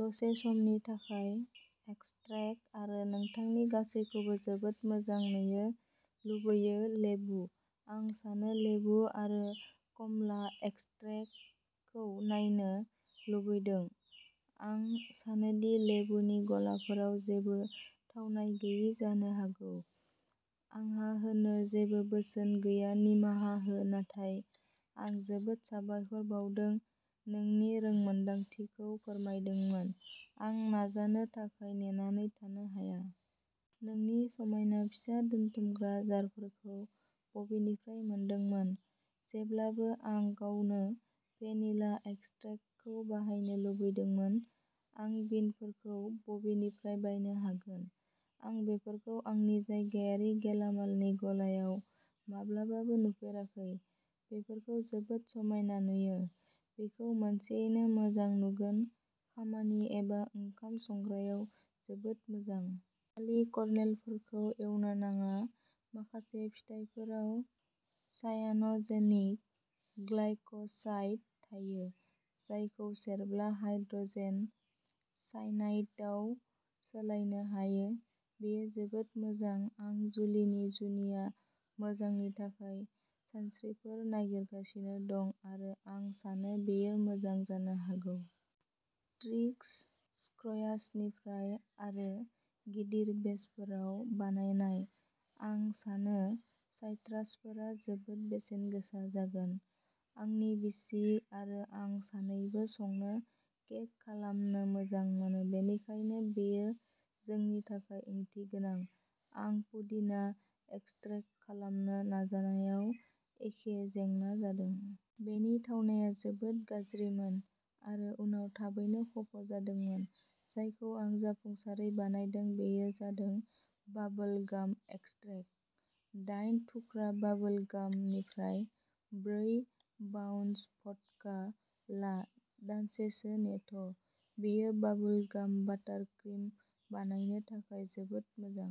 दसे समनि थाखाय एक्सट्रेक्ट आरो नोंथांनि गासैखौबो जोबोद मोजां नुयो गुबैयै लेबु। आं सानो लेबु आरो कमला एक्सट्रेक्टखौ नायनो लुबैदों। आं सानो दि लेबुनि गलाफोराव जेबो थावनाय गैयि जानो हागौ। आंहा होनो जेबो बोसोन गैया निमाहा हो नाथाय आं जोबोद साबायखर बावदों नोंनि रोंमोन्दांथिखौ फोरमायदोंमोन आं नाजानो थाखाय नेनानै थानो हायो। नोंनि समायना फिसा दोनथुमग्रा जारफोरखौ बबेनिफ्राय मोनदोंमोन? जेब्लाबो आं गावनो भेनिला एक्सट्रेक्टखौ बाहायनो लुबैदोंमोन। आं बिनफोरखौ बबेनिफ्राय बायनो हागोन? आं बेफोरखौ आंनि जायगायारि गेलामालनि गलायाव माब्लाबाबो नुफेराखै। बेफोरखौ जोबोद समायना नुयो। बेखौ मोनसेयैनो मोजां नुगोन, खामानि एबा ओंखाम संग्रायाव जोबोद मोजां। खालि करनेलफोरखौ एवनो नाङा। माखासे फिथाइफोराव सायान'जेनिक ग्लाइक'साइड थायो, जायखौ सेरब्ला हाइड्र'जेन सायनाइडआव सोलायनो हायो। बेयो जोबोद मोजां आं जुलिनि जुनिया मोजांनि थाखाय सानस्रिफोर नागिरगासिनो दं आरो आं सानो बेयो मोजां जानो हागौ। ट्रिक्स स्क्रयाचनिफ्राय आरो गिदिर बेचफोराव बानायनाय, आं सानो साइट्रासफोरा जोबोद बेसेनगोसा जागोन। आंनि बिसि आरो आं सानैबो संनो केक खालामनो मोजां मोनो, बेनिखायनो बेयो जोंनि थाखाय ओंथिगोनां। आं पुदिना एक्सट्रेक्ट खालामनो नाजानायाव एखे जेंना जादों। बेनि थावनाया जोबोद गाज्रिमोन आरो उनाव थाबैनो खफ' जादोंमोन। जायखौ आं जाफुंसारै बानायदों बेयो जादों बाबल गाम एक्सट्रेक्ट। दाइन थुख्रा बाबल गाम निफ्राय ब्रै बाउन्स भदका ला दानसेसो नेथ'। बेयो बाबल गाम बाटारक्रिम बानायनो थाखाय जोबोद मोजां।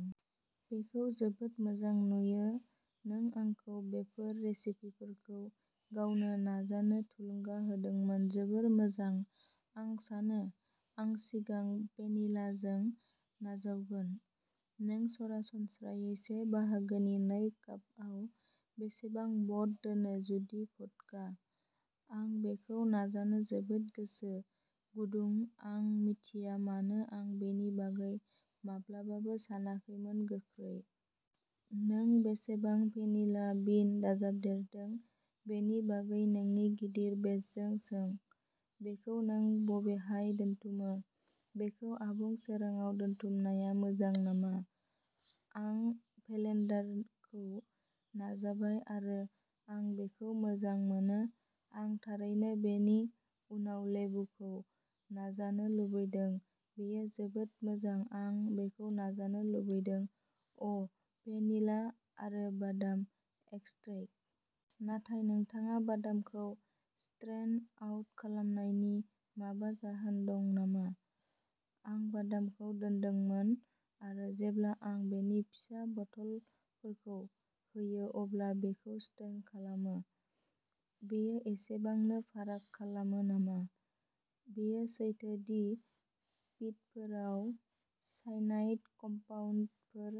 बेखौ जोबोद मोजां नुयो नों आंखौ बेफोर रेसिपिफोरखौ गावनो नाजानो थुलुंगा होदोंमोन जोबोद मोजां आं सानो आं सिगां भेनिलाजों नाजावगोन। नों सरासनस्रायै से बाहागोनि नै कापआव बेसेबां बड दोनो जुदि भदका? आं बेखौ नाजानो जोबोद गोसो गुदुं आं मिथिया मानो आं बेनि बागै माब्लाबाबो सानाखैमोन गोख्रै। नों बेसेबां भेनिला बिन दाजाबदेरदों बेनि बागै नोंनि गिदिर बेचजों सों। बेखौ नों बबेहाय दोनथुमो? बेखौ आबुं सोराङाव दोनथुमनाया मोजां नामा? आं भेलेेन्डारखौ नाजाबाय आरो आं बेखौ मोजां मोनो आं थारैनो बेनि उनाव लेबुखौ नाजानो लुबैदों बेयो जोबोद मोजां आं बेखौ नाजानो लुबैदों अ भेनिला आरो बादाम एक्सट्रैक्ट। नाथाय नोंथाङा बादामखौ स्ट्रेन आउट खालामनायनि माबा जाहोन दं नामा? आं बादामखौ दोनदोंमोन आरो जेब्ला आं बेनि फिसा बथलफोरखौ होयो अब्ला बेखौ स्ट्रेन खालामो। बेयो एसेबांनो फाराग खालामो नामा? बेयो सैथो दि पिटफोराव साइनाइड कम्पाउन्डफोर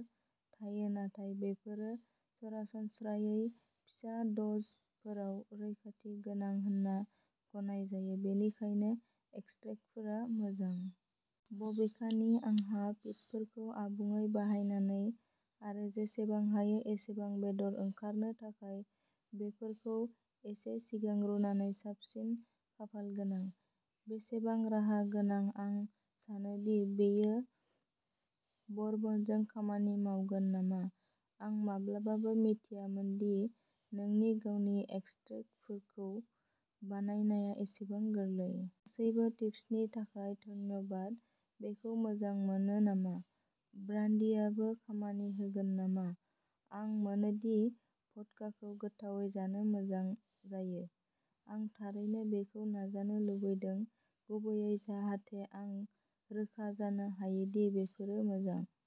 थायो नाथाय बेफोरो सरासनस्रायै फिसा द'जफोराव रैखाथि गोनां होनना गनायजायो, बेनिखायनो एक्सट्रेक्टफोरा मोजां। बबेखानि आंहा पिटफोरखौ आबुङै बाहायनानै आरो जेसेबां हायो एसेबां बेदर ओंखारनो थाखाय बेफोरखौ एसे सिगां रुनानै साबसिन खाफालगोनां। बेसेबां राहा गोनां आं सानो दि बेयो बरबनजों खामानि मावगोन नामा? आं माब्लाबाबो मिथियामोन दि नोंनि गावनि एक्सट्रैक्टफोरखौ बानायनाया एसेबां गोरलै! गासैबो टिप्सनि थाखाय धन्यबाद बेखौ मोजां मोनो नामा। ब्रान्डि आबो खामानि होगोन नामा? आं मोनोदि भदकाखौ गोथावै जानो मोजां जायो। आं थारैनो बेखौ नाजानो लुबैदों गुबैयै जाहाथे आं रोखा जानो हायो दि बेफोरो मोजां।